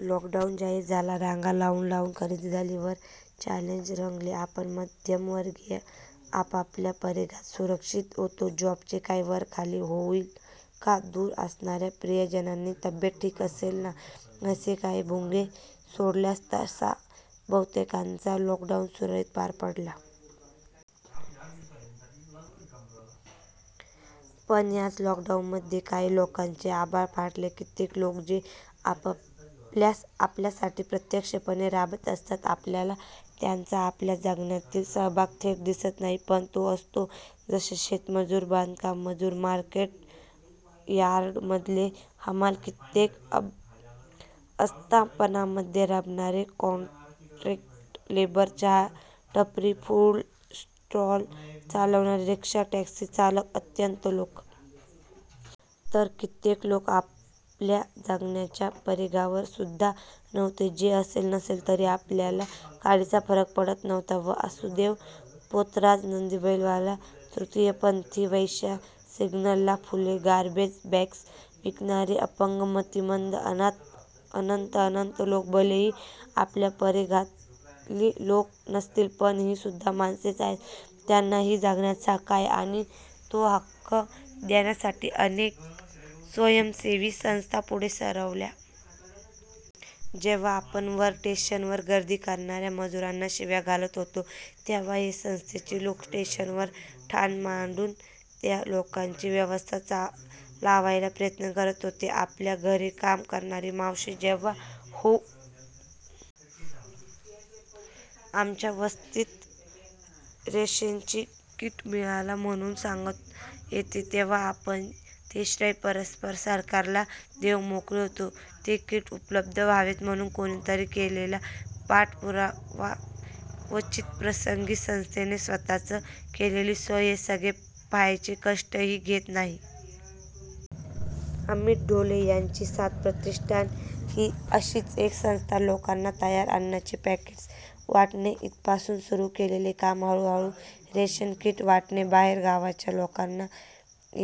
Lockdown जाहीर झाला, रांगा लावून लावून खरेदी झाली, वर चॅलेंज रंगले, आपण मध्यमवर्गीय आपापल्या परिघात सुरक्षित होतो, जॉब चे काही वरखाली होईल का?, दूर असणाऱ्या प्रियजनांची तब्येत ठीक असेल ना? असे काही भुंगे सोडल्यास तसा बहुतेकांचा लॉक डाऊन सुरळीत पार पडला. पण याच लॉक डाऊन मध्ये काही लोकांचे आभाळ फाटले, कित्येक लोक, जे आपल्यासाठी अप्रत्यक्ष पणे राबत असतात, आपल्याला त्यांचा आपल्या जगण्यातील सहभाग थेट दिसत नाही पण तो असतो, जसे शेतमजूर, बांधकाम मजूर, मार्केट यार्ड मधले हमाल, कित्येक अस्थापनांमध्ये राबणारे कॉन्ट्रॅक्ट लेबर, चहा, टपरी, फूड स्टॉल चालवणारे, रिक्षा, टॅक्सी चालक अनंत लोक. तर कित्येक लोक आपल्या जगण्याच्या परिघावर सुद्धा नव्हते. ते असले, नसले तरी आपल्याला काडीचा फरक पडत नव्हता, वासुदेव, पोतराज, नंदीबैलवाला, तृतीयपंथी, वेश्या, सिग्नल ला फुले, गारबेज बॅग्स विकणारे, अपंग, मतिमंद, अनाथ अनंत अनंत लोक, भले ही आपल्या परिघातली लोकं नसतील, पण ही सुद्धा माणसेच आहेत, त्यांना ही जगण्याचा हक्क आहे, आणि तो हक्क देण्यासाठी अनेक स्वयंसेवी संस्था पुढे सरसावल्या. जेव्हा आपण वर स्टेशन वर गर्दी करणाऱ्या मजुरांना शिव्या घालत होतो, तेव्हा हे संस्थेची लोक स्टेशन वर ठाण मांडून त्या लोकांची व्यवस्था लावायचा प्रयत्न करत होते. आपल्या घरी काम करणारी मावशी जेव्हा "हो, आमच्या वस्तीत रेशन चा किट मिळाला" म्हणून सांगत येते, तेव्हा आपण ते श्रेय परस्पर सरकार ला देऊन मोकळे होतो, ते किट उपलब्ध व्हावेत म्हणू कोणीतरी केलेला पाठपुरावा, क्वचित प्रसंगी संस्थेने स्वतः च केलेली सोय हे सगळे पहायचे कष्ट ही घेत नाही. अमित ढोले यांची साद प्रतिष्ठान ही अशीच एक संस्था, लोकांना तयार अन्नाची पॅकेट्स वाटणे, इथपासून सुरू केलेले काम, हळू-हळू रेशन किट वाटणे, बाहेर गावच्या लोकांच्या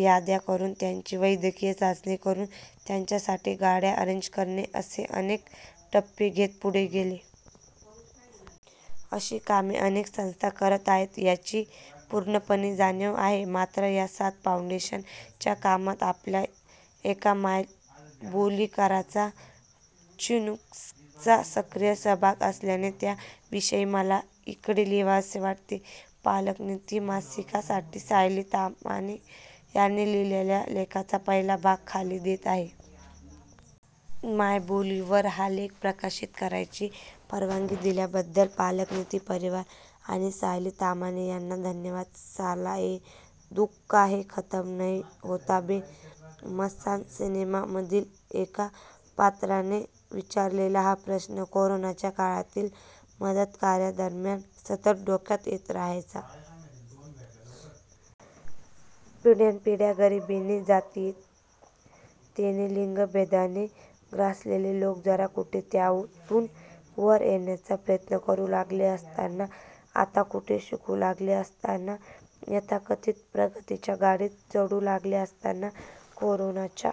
याद्या करून, त्यांची वैद्यकीय चाचणी करून, त्यांच्या साठी गाड्या अरेंज करणे असे अनेक टप्पे घेत पुढे गेले. अशी कामे अनेक संस्था करत आहेत याची पूर्णपणे जाणीव आहे. मात्र या साद फाउंडेशन च्या कामात आपल्या एका मायबोलीकराचा, चिनुक्सचा सक्रिय सहभाग असल्याने त्या विषयी मला इकडे लिहावेसे वाटले. पालकनिती मासिका साठी सायली तामाणे यांनी लिहिलेल्या लेखाचा पहिला भाग खाली देत आहे. मायबोली वर हा लेख प्रकाशित करायची परवानगी दिल्या बद्दल पालकनिती परिवार आणि सायली तामाणे यांना धन्यवाद. साला ये दुख काहे खतम नही होता बे? ' मसान सिनेमामधील एका पात्राने विचारलेला हा प्रश्न कोरोनाच्या काळातील मदतकार्यादरम्यान सतत डोक्यात येत राहायचा. पिढ्यानपिढ्या गरिबीने, जातीयतेने, लिंगभेदाने ग्रासलेले लोक जरा कुठे त्यातून वर येण्याचा प्रयत्न करू लागले असताना, आता कुठे शिकू लागले असताना, यथाकथित प्रगतीच्या गाडीत चढू लागले असताना कोरोनाच्या--